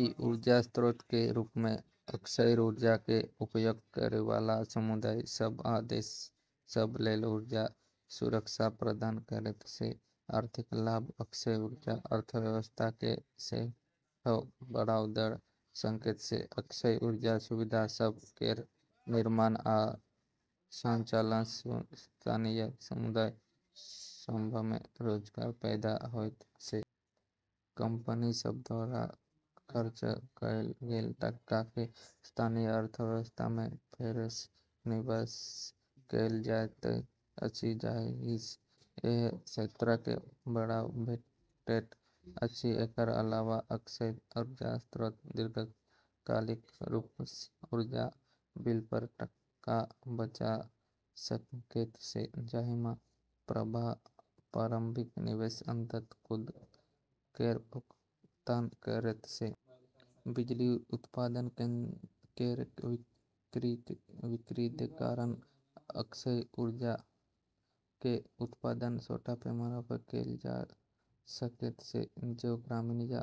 ई ऊर्जा स्रोत केर रूपमे अक्षय ऊर्जा केर उपयोग करैवाला समुदाय सभ आ देश सभ लेल ऊर्जा सुरक्षा प्रदान करैत छै। आर्थिक लाभ: अक्षय ऊर्जा अर्थव्यवस्थाकेँ सेहो बढ़ावा दऽ सकैत छै। अक्षय ऊर्जा सुविधा सभ केर निर्माण आ संचालनसँ स्थानीय समुदाय सभमे रोजगार पैदा होइत छै। कंपनी सभ द्वारा खर्च कएल गेल टकाकेँ स्थानीय अर्थव्यवस्थामे फेरसँ निवेश कएल जाइत अछि, जाहिसँ एहि क्षेत्रकेँ बढ़ावा भेटैत अछि। एकर अलावा, अक्षय ऊर्जा स्रोत दीर्घकालिक रूपसँ ऊर्जा बिलपर टका बचा सकैत छै, जाहिमे प्रारंभिक निवेश अंततः खुद केर भुगतान करैत छै। बिजली उत्पादन केर विकेंद्रीकरण: अक्षय ऊर्जा केर उत्पादन छोट पैमानापर कएल जा सकैत छै, जे ग्रामीण या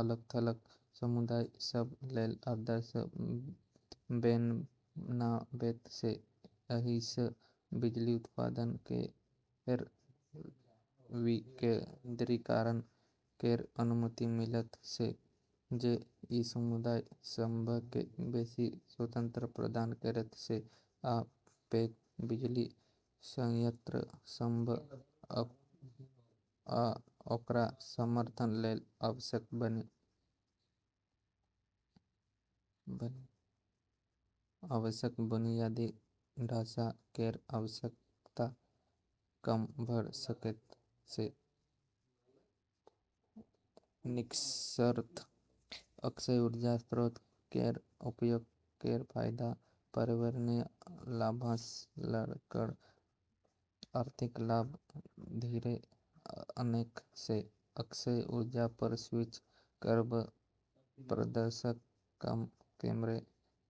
अलग-थलग समुदाय सभ लेल आदर्श बनाबैत छै। एहिसँ बिजली उत्पादन केर विकेंद्रीकरण केर अनुमति मिलैत छै, जे ई समुदाय सभकेँ बेसी स्वतंत्रता प्रदान करैत छै आ पैघ बिजली संयंत्र सभ आ ओकरा समर्थन लेल आवश्यक बुनियादी ढाँचा केर आवश्यकता कम भऽ सकैत छै। निष्कर्षतः: अक्षय ऊर्जा स्रोत केर उपयोग केर फायदा पर्यावरणीय लाभसँ लऽ कऽ आर्थिक लाभ धरि अनेक छै। अक्षय ऊर्जापर स्विच करब प्रदूषणकेँ कम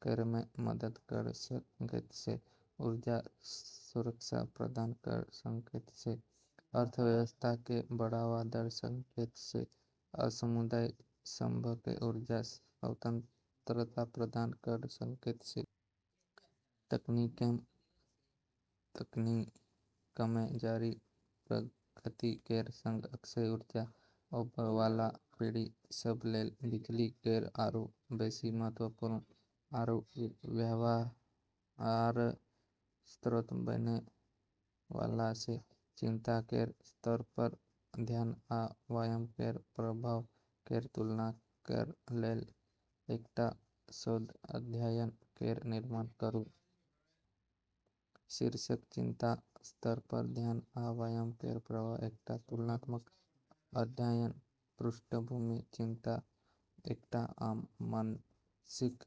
करैमे मदद कऽ सकैत छै, ऊर्जा सुरक्षा प्रदान कऽ सकैत छै, अर्थव्यवस्थाकेँ बढ़ावा दऽ सकैत छै, आ समुदाय सभकेँ ऊर्जा स्वतंत्रता प्रदान कऽ सकैत छै। तकनीकमे जारी प्रगति केर संग अक्षय ऊर्जा आबैवाला पीढ़ी सभ लेल बिजली केर आरू बेसी महत्वपूर्ण आरू व्यवहार्य स्रोत बनैवाला छै। चिंता केर स्तरपर ध्यान आ व्यायाम केर प्रभाव केर तुलना करै लेल एकटा शोध अध्ययन केर निर्माण करू। शीर्षक: चिंता स्तरपर ध्यान आ व्यायाम केर प्रभाव: एकटा तुलनात्मक अध्ययन। पृष्ठभूमि: चिंता एकटा आम मानसिक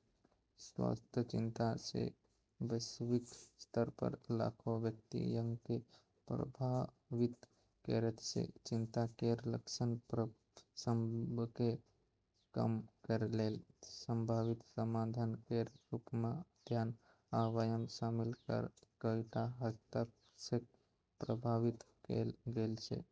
स्वास्थ्य चिंता छै जे वैश्विक स्तरपर लाखो व्यक्तियककेँ प्रभावित करैत छै। चिंता केर लक्षण सभकेँ कम करै लेल संभावित समाधान केर रूपमे ध्यान आ व्यायाम शामिल कऽ कईटा हस्तक्षेप प्रस्तावित कएल गेल छै।